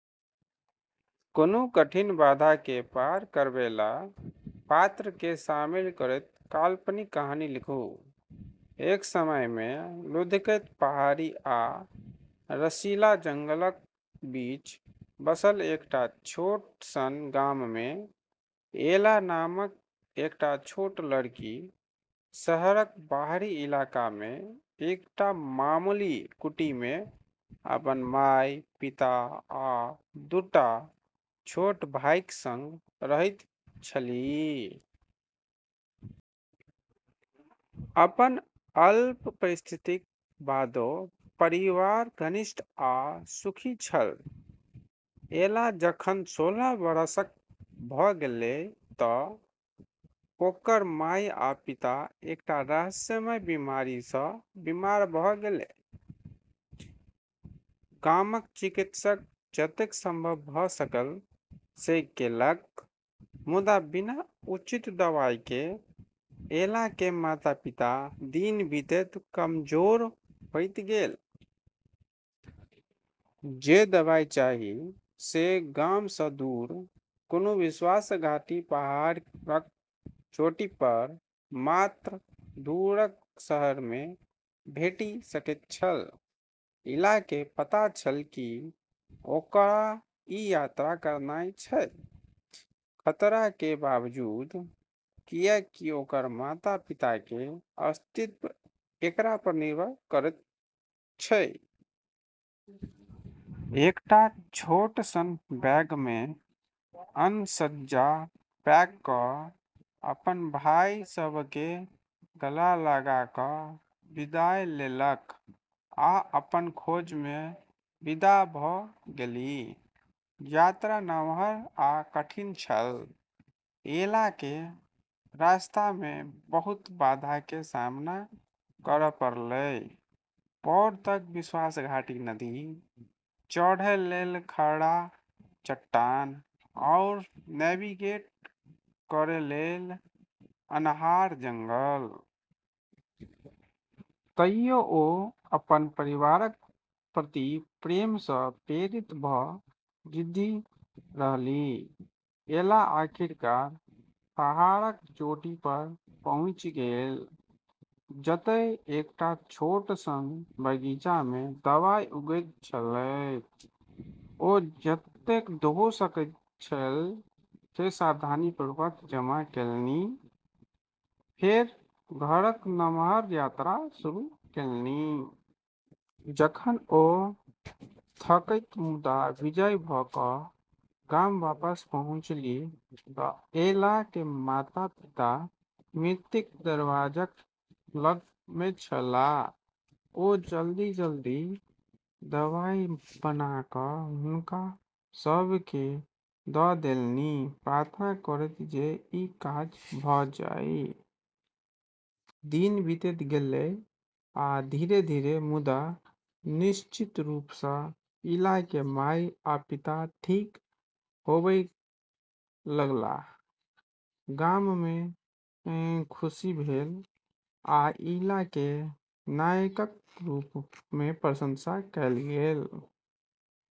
कोनो कठिन बाधाके पार करैबला पात्रके शामिल करैत काल्पनिक कहानी लिखू । एक समयमे लुढ़कैत पहाड़ी आ रसीला जंगलक बीच बसल एकटा छोट सन गाममे एला नामक एकटा छोट लड़की, शहरक बाहरी इलाकामे एकटा मामूली कुटीमे अपन माय, पिता आ दू टा छोट भाइक सङ्ग रहैत छलीह । अपन अल्प परिस्थितिक बादो परिवार घनिष्ठ आ सुखी छल। एला जखन सोलह वर्षक भ' गेलै त' ओकर माय आ पिता एकटा रहस्यमयी बीमारी सँ बीमार भ' गेलै। गामक चिकित्सक जतेक संभव भ' सकल से केलक, मुदा बिना उचित दवाइके एलाके माता-पिता दिन बीतैत कमजोर होइत गेल । जे दवाइ चाही से गामसँ दूर, कोनो विश्वासघाती पहाड़क चोटी पर मात्र दूरक शहरमे भेटि सकैत छल। एलाके पता छलै कि ओकरा ई यात्रा करनाइ छै, खतराके बावजूद, किएकि ओकर माता-पिताके अस्तित्व एकरा पर निर्भर करै छै। एकटा छोट सन बैगमे अन्न-सज्जा पैक क' अपन भाइ सभकेँ गला लगा क' विदाई लेलक आ अपन खोजमे विदा भ' गेलि। यात्रा नमहर आ कठिन छल। एलाके रस्तामे बहुत बाधाके सामना करऽ पड़लै: फोर्ड तक विश्वासघाती नदी, चढ़ै लेल खड़ा चट्टान, आओर नेविगेट करै लेल अन्हार जंगल । तइयो ओ अपन परिवारक प्रति प्रेमसँ प्रेरित भऽ जिद्दी रहलीह। एला आखिरकार पहाड़क चोटी पर पहुँचि गेल, जतय एकटा छोट सन बगीचामे दवाई उगैत छलैक। ओ जतेक ढो सकैत छलीह से सावधानीपूर्वक जमा केलनि, फेर घरक नमहर यात्रा शुरू केलनि। जखन ओ थकित मुदा विजयी भ' क' गाम वापस पहुँचलीह त' एला'क माता-पिता मृत्युक दरबज्जाक लग मे छलाह । ओ जलदी - जलदी दवाइ बना क' हुनका सभकेँ द' देलनि, प्रार्थना करैत जे ई काज भ' जाइ । दिन बीतैत गेलै, आ धीरे-धीरे मुदा निश्चित रूपसँ एलाके माय आ पिता ठीक होबय लगलाह। गाममे खुशी भेल, आ एलाकेँ नायकक रूपमे प्रशंसा कयल गेल।